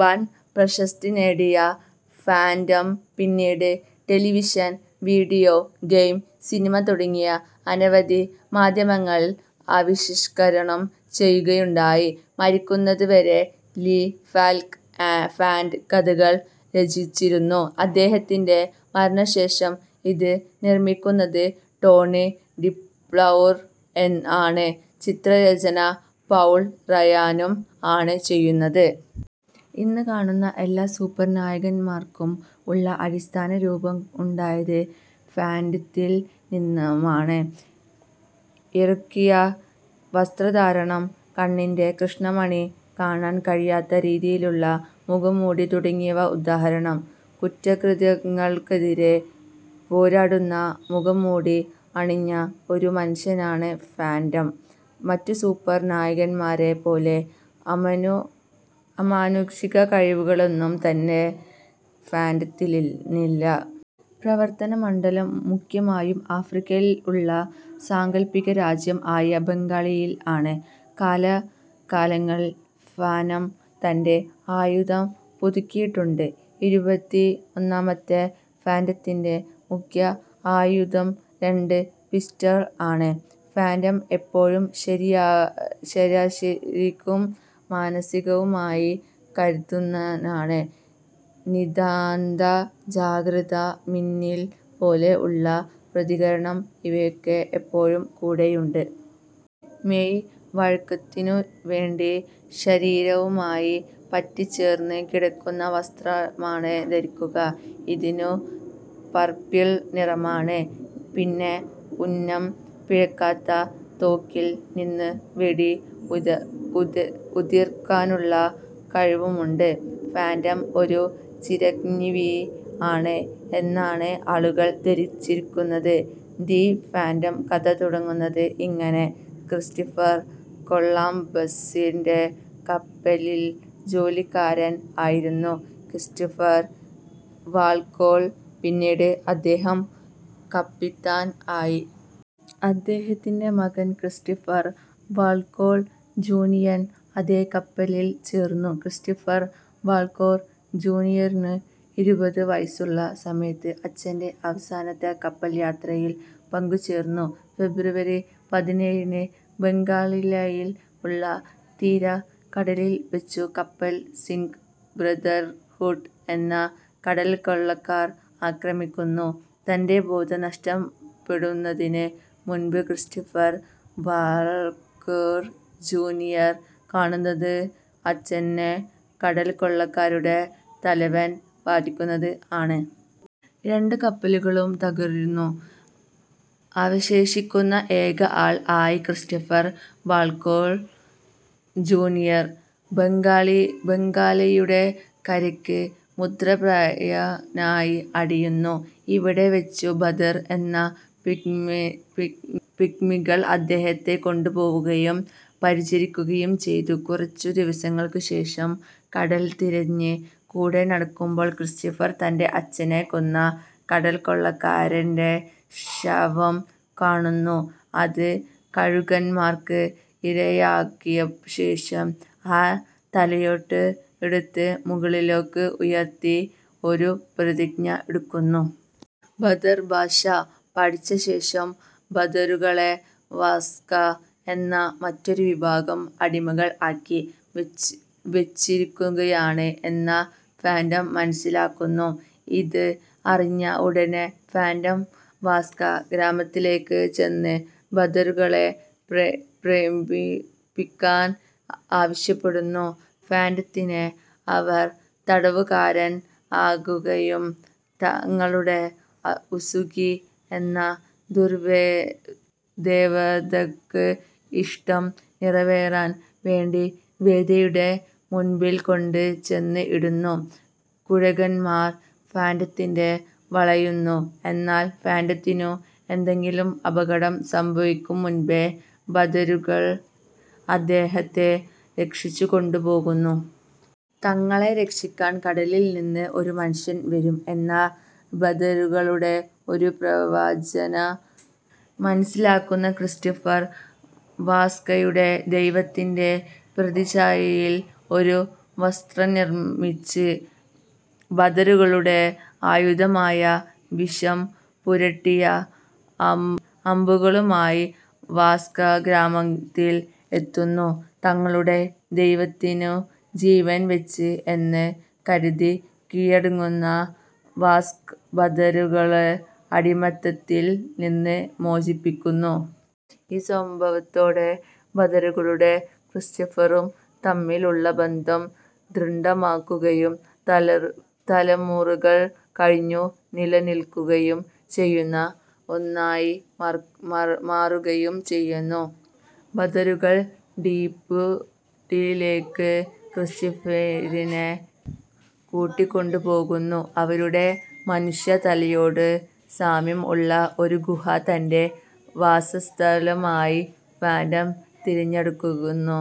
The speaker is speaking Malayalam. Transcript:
വൻ പ്രശസ്തി നേടിയ ഫാൻ്റം പിന്നീട് ടെലിവിഷൻ, വീഡിയോ ഗെയിം, സിനിമ തുടങ്ങി അനവധി മാധ്യമങ്ങളിൽ ആവിഷ്കരണം ചെയ്യുകയുണ്ടായി. മരിക്കുന്നത് വരെ ലീ ഫാൽക് ഫാൻ്റം കഥകൾ രചിച്ചിരുന്നു. അദ്ദേഹത്തിൻ്റെ മരണശേഷം ഇത് നിർമ്മിക്കുന്നത് ടോണി ഡിപൌൾ ആണ്, ചിത്രരചന പൗൾ റയാനും ആണ് ചെയ്യുന്നത്. ഇന്ന് കാണുന്ന എല്ലാ സൂപ്പർ നായകൻമാർക്കും ഉള്ള അടിസ്ഥാന രൂപം ഉണ്ടായത് ഫാൻ്റത്തിൽ നിന്നുമാണ്. ഇറുകിയ വസ്ത്രധാരണം, കണ്ണിൻ്റെ കൃഷ്ണമണി കാണാൻ കഴിയാത്ത രീതിയിലുള്ള മുഖംമൂടി തുടങ്ങിയവ ഉദാഹരണം. കുറ്റകൃത്യങ്ങൾക്കെതിരെ പോരാടുന്ന മുഖംമൂടി അണിഞ്ഞ ഒരു മനുഷ്യനാണ് ഫാൻ്റം. മറ്റു സൂപ്പർ നായകന്മാരെ പോലെ അമാനുഷിക കഴിവുകളൊന്നും തന്നെ ഫാൻ്റത്തിനില്ല. പ്രവർത്തന മണ്ഡലം മുഖ്യമായും ആഫ്രിക്കയിൽ ഉള്ള സാങ്കല്പിക രാജ്യം ആയ ബംഗാല്ലയിൽ ആണ്. കാല കാലങ്ങളിൽ ഫാനം തൻ്റെ ആയുധം പുതുക്കിയിട്ടുണ്ട് ഇരുപത്തി ഒന്നാമത്തെ ഫാൻ്റത്തിൻ്റെ മുഖ്യ ആയുധം രണ്ട് പിസ്റ്റൾ ആണ്. ഫാൻ്റം എപ്പോഴും ശാരീരികവും മാനസികവുമായി കരുത്തനാണ്, നിദാന്ത ജാഗ്രത, മിന്നൽ പോലെ ഉള്ള പ്രതികരണം ഇവയൊക്കെ എപ്പോഴും കൂടെയുണ്ട്. മെയ് വഴക്കത്തിനു വേണ്ടി ശരീരവുമായി പറ്റിച്ചേർന്നു കിടക്കുന്ന വസ്ത്രമാണ് ധരിക്കുക, ഇതിനു പർപിൾ നിറമാണ്. പിന്നെ ഉന്നം പിഴക്കാത്ത തോക്കിൽ നിന്നും വെടി ഉതിർക്കാനുള്ള കഴിവുമുണ്ട്. ഫാൻ്റം ഒരു ചിരഞ്ജീവി ആണ് എന്നാണ് ആളുകൾ ധരിച്ചിരുന്നത്. ദി ഫാൻ്റം കഥ തുടങ്ങുന്നത് ഇങ്ങനെ: ക്രിസ്റ്റഫർ കൊളംബസ്സിൻ്റെ കപ്പലിൽ ജോലിക്കാരൻ ആയിരുന്നു ക്രിസ്റ്റഫർ വാൾകേർ, പിന്നീട് അദ്ദേഹം കപ്പിത്താൻ ആയി. അദ്ദേഹത്തിൻ്റെ മകൻ ക്രിസ്റ്റഫർ വാൾകേർ ജൂനിയർ അതെ കപ്പലിൽ ചേർന്നു. ക്രിസ്റ്റഫർ വാൾകേർ ജൂനിയറിനു ഇരുപതു വയസുള്ള സമയത്ത് അച്ഛൻ്റെ അവസാനത്തെ കപ്പൽ യാത്രയിൽ പങ്കുചേർന്നു. ഫെബ്രുവരി പതിനേഴിന് ബംഗാല്ലയിൽ ഉള്ള തീര കടലിൽ വെച്ചു കപ്പൽ സിംഗ് ബ്രദർഹൂഡ് എന്ന കടൽക്കൊള്ളക്കാർ അക്രമിക്കുന്നു. തൻ്റെ ബോധം നഷ്ടപ്പെടുന്നതിനു മുൻപ് ക്രിസ്റ്റഫർ വാൾകേർ ജൂനിയർ കാണുന്നത് അച്ഛനെ കടൽക്കൊള്ളക്കാരുടെ തലവൻ വധിക്കുന്നത് ആണ്. രണ്ടു കപ്പലുകളും തകരുന്നു, അവശേഷിക്കുന്ന ഏക ആൾ ആയി ക്രിസ്റ്റഫർ വാൾകേർ ജൂനിയർ ബംഗാല്ലയുടെ കരയ്ക്ക് മൃതപ്രായനായി അടിയുന്നു. ഇവിടെ വെച്ചു ബന്ദർ എന്ന പിഗ്മികൾ അദ്ദേഹത്തെ കൊണ്ട് പോകുകയും പരിചരികുകയും ചെയ്യുന്നു. കുറച്ചു ദിവസങ്ങൾക് ശേഷം കടൽ തിരത്ത് കൂടെ നടക്കുമ്പോൾ ക്രിസ്റ്റഫർ തൻ്റെ അച്ഛനെ കൊന്ന കടൽക്കൊള്ളകാരൻ്റെ ശവം കാണുന്നു, അത് കഴുകന്മാർക് ഇരയാക്കിയശേഷം, ആ തലയോട്ടി എടുത്തു മുകളിലേക് ഉയർത്തി ഒരു പ്രതിജ്ഞ എടുക്കുന്നു. ബന്ദർ ഭാഷ പഠിച്ചശേഷം ബന്ദരുകളെ വാസ്ക എന്ന മറ്റൊരു വിഭാഗം, അടിമകൾ ആക്കി വെച്ചിരിക്കുകയാണ് എന്ന് ഫാൻ്റം മനസ്സിലാക്കുന്നു. ഇത് അറിഞ്ഞ ഉടനെ ഫാൻ്റം വാസ്ക ഗ്രാമത്തിലേക് ചെന്ന് ബന്ദരുകളെ മോചിപ്പിക്കാൻ ആവശ്യപ്പെടുന്നു. ഫാൻ്റത്തിനെ അവർ തടവുകാരൻ ആക്കുകയും തങ്ങളുടെ ഉസുകി എന്ന ദുർദേവതക്ക് ഇഷ്ടം നിറവേറാൻ വേണ്ടി ദേവതയുടെ മുൻപിൽ കൊണ്ട് ചെന്ന് ഇടുന്നു, കഴുകന്മാർ ഫാൻ്റത്തിനെ വളയുന്നു എന്നാൽ ഫാൻ്റത്തിനു എന്തെകിലും അപകടം സംഭവിക്കും മുൻപേ ബന്ദരുകൾ അദ്ദേഹത്തെ രക്ഷിച്ചു കൊണ്ട് പോകുന്നു. തങ്ങളെ രക്ഷിക്കാൻ കടലിൽ നിന്നും ഒരു മനുഷ്യൻ വരും എന്ന ബന്ദരുകളുടെ ഒരു പ്രവചനം മനസ്സിലാക്കുന്ന ക്രിസ്റ്റഫർ വാസ്കയുടെ ദൈവത്തിൻ്റെ പ്രതിച്ചായയിൽ ഒരു വസ്ത്രം നിർമിച്ച് ബന്ദരുകളുടെ ആയുധമായ വിഷം പുരട്ടിയ അമ്പുകളുമായി വാസ്ക ഗ്രാമത്തിൽ എത്തുന്നു. തങ്ങളുടെ ദൈവത്തിനു ജീവൻ വെച്ച് എന്ന് കരുതി കീഴടങ്ങുന്ന വാസ്ക ബന്ദരുകളെ അടിമത്തത്തിൽ നിന്നും മോചിപ്പിക്കുന്നു. ഈ സംഭവത്തോടെ ബന്ദരുകളും ക്രിസ്റ്റഫറും തമ്മിൽ ഉള്ള ബന്ധം ദൃഢമാക്കുകയും തലമുറകൾ കഴിഞ്ഞും നിലനിൽക്കുകയും ചെയുന്ന ഒന്നായി മാറുകയും ചെയ്യുന്നു. ബന്ദരുകൾ ഡീപുഡിലേക്ക് ക്രിസ്റ്റഫരിനെ കൂട്ടികൊണ്ട് പോകുന്നു. അവരുടെമനുഷ്യ തലയോട്ടിയോട് സാമ്യം ഉള്ള ഒരു ഗുഹ തൻ്റെ വാസസ്ഥലമായി ഫാൻ്റം തിരഞ്ഞെടുക്കുന്നു.